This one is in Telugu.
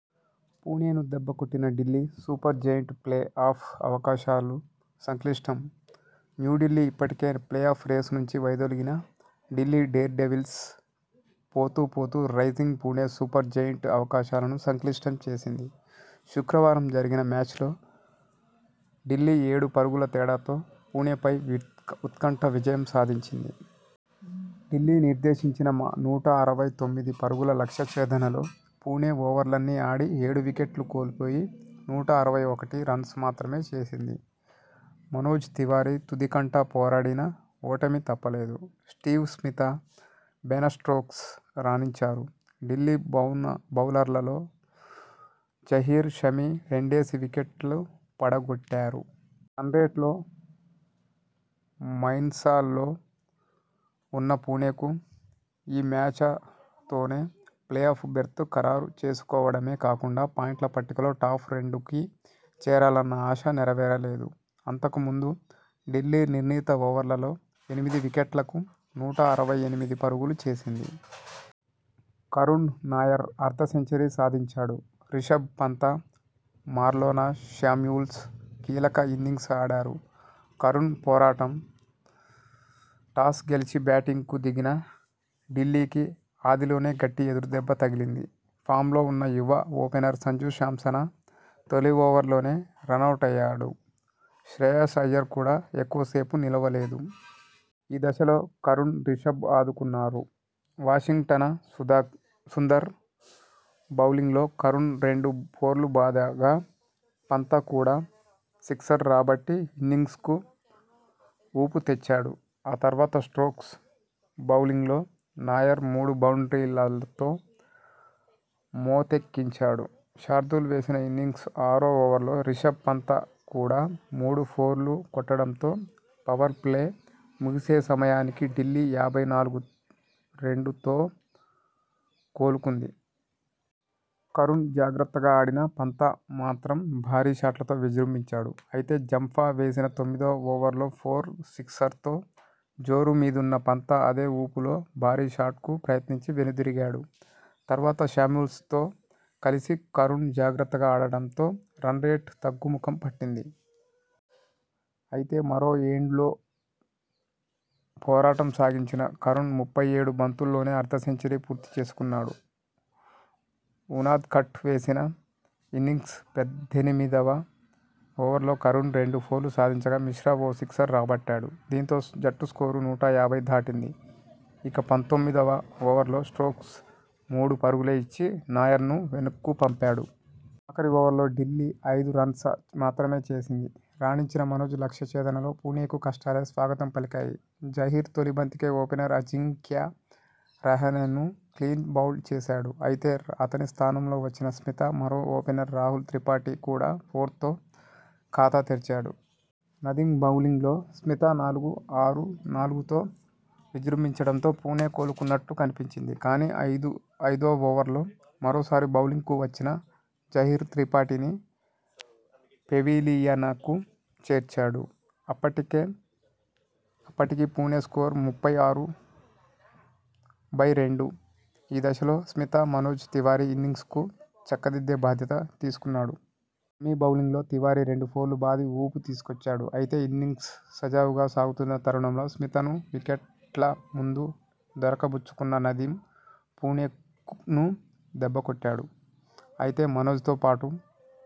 పుణెను దెబ్బకొట్టిన ఢిల్లీ సూపర్జెయింట్ ప్లే ఆఫ్ అవకాశాలు సంక్లిష్టం న్యూఢిల్లీ ఇప్పటికే ప్లే ఆఫ్ రేసు నుంచి వైదొలిగిన ఢిల్లీ డేర్డెవిల్స్ పోతూపోతూ రైజింగ్ పుణె సూపర్జెయింట్ అవకాశాలను సంక్లిష్టం చేసింది. శుక్రవారం జరిగిన మ్యాచలో ఢిల్లీ ఏడు పరుగుల తేడాతో పుణెపై ఉత్కంఠ విజయం సాధించింది. ఢిల్లీ నిర్దేశించిన నూట అరవై తొమ్మిది పరుగుల లక్ష్య ఛేదనలో పుణె ఓవర్లన్నీ ఆడి ఏడు వికెట్లు కోల్పోయి నూట అరవై ఒకటి రన్స్ మాత్రమే చేసింది. మనోజ్ తివారి తుదికంటా పోరాడినా ఓటమి తప్పలేదు. స్టీవ్ స్మిత, బెన స్టోక్స్ రాణించారు. ఢిల్లీ బౌమ బౌలర్లలో జహీర్, షమి రెండేసి వికెట్లు పడగొట్టారు. ఇక రన్ రేట్లో మైన్సలో ఉన్న పుణెకు ఈ మ్యాచతోనే ప్లే ఆఫ్ బెర్త్ ఖరారు చేసుకోవడమే కాకుండా పాయింట్ల పట్టికలో టాప్ రెండు కి చేరాలన్న ఆశ నెరవేరలేదు. అంతకుముందు ఢిల్లీ నిర్ణీత ఓవర్లలో ఎనిమిది వికెట్లకు నూట అరవై ఎనిమిది పరుగులు చేసింది. కరుణ్ నాయర్ అర్ధ సెంచరీ సాధించాడు. రిషభ్ పంత, మార్లోన శామ్యూల్స్ కీలక ఇన్నింగ్స్ ఆడారు. కరుణ్ పోరాటం టాస్ గెలిచి బ్యాటింగ్కు దిగిన ఢిల్లీకి ఆదిలోనే గట్టి ఎదురుదెబ్బ తగిలింది. ఫామ్లో ఉన్న యువ ఓపెనర్ సంజూ శాంసన తొలి ఓవర్లోనే రనౌటయ్యాడు. శ్రేయాస్ అయ్యర్ కూడా ఎక్కువ సేపు నిలవలేదు. ఈ దశలో కరుణ్, రిషభ్ ఆదుకున్నారు. వాషింగ్టన సుందర్ బౌలింగ్లో కరుణ్ రెండు ఫోర్లు బాదగా పంత కూడా సిక్సర్ రాబట్టి ఇన్నింగ్స్కు ఊపు తెచ్చాడు. ఆ తర్వాత స్టోక్స్ బౌలింగ్లో నాయర్ మూడు బౌండ్రీలతో మోతెక్కించాడు. శార్దూల్ వేసిన ఇన్నింగ్స్ ఆరో ఓవర్లో రిషభ్ పంత కూడా మూడు ఫోర్లు కొట్టడంతో పవర్ ప్లే ముగిసే సమయానికి ఢిల్లీ యాభై నాలుగు రెండుతో కోలుకుంది. కరుణ్ జాగ్రత్తగా ఆడినా పంత మాత్రం భారీ షాట్లతో విజృంభించాడు. అయితే జంపా వేసిన తొమ్మిదో ఓవర్లో ఫోర్, సిక్సర్తో జోరు మీదున్న పంత అదే ఊపులో భారీ షాట్కు ప్రయత్నించి వెనుదిరిగాడు. తర్వాత శామ్యూల్స్తో కలిసి కరుణ్ జాగ్రత్తగా ఆడడంతో రనరేట్ తగ్గుముఖం పట్టింది. అయితే మరో ఎండ్లో పోరాటం సాగించిన కరుణ్ ముప్పై ఏడు బంతుల్లోనే అర్ధ సెంచరీ పూర్తిచేసుకున్నాడు. ఉనాద్కట్ వేసిన ఇన్నింగ్స్ పద్దెనిమిదివ ఓవర్లో కరుణ్ రెండు ఫోర్లు సాధించగా, మిశ్రా ఓ సిక్సర్ రాబట్టాడు. దీంతో జట్టు స్కోరు నూట యాభై దాటింది. ఇక పంతొమ్మిదివ ఓవర్లో స్టోక్స్ మూడు పరుగులే ఇచ్చి నాయర్ను వెనక్కుపంపాడు. ఆఖరి ఓవర్లో ఢిల్లీ ఐదు రన్స మాత్రమే చేసింది. రాణించిన మనోజ్ లక్ష్య ఛేదనలో పుణెకు కష్టాలే స్వాగతం పలికాయి. జహీర్ తొలి బంతికే ఓపెనర్ అజింక్యా రహానె ను క్లీన్ బౌల్డ్ చేశాడు. అయితే అతని స్థానంలో వచ్చిన స్మిత, మరో ఓపెనర్ రాహుల్ త్రిపాఠి కూడా ఫోర్తో ఖాతా తెరిచారు. నదీమ్ బౌలింగ్లో స్మిత నాలుగు, ఆరు, నాలుగుతో విజృంభించడంతో పుణె కోలుకున్నట్టు కనిపించింది. కానీ ఐదో ఓవర్లో మరోసారి బౌలింగ్కు వచ్చిన జహీర్ త్రిపాఠిని పెవిలియనకు చేర్చాడు. అప్పటికి పుణె స్కోరు ముప్పై ఆరు/రెండు. ఈ దశలో స్మిత, మనోజ్ తివారి ఇన్నింగ్స్ను చక్కదిద్దే బాధ్యత తీసుకున్నారు. షమి బౌలింగ్లో తివారి రెండు ఫోర్లు బాది ఊపు తీసుకొచ్చాడు. అయితే ఇన్నింగ్స్ సజావుగా సాగుతున్న తరుణంలో స్మితను వికెట్ల ముందు దొరక బుచ్చుకున్న నదీమ్ పుణెను దెబ్బకొట్టాడు. అయితే మనోజ్తోపాటు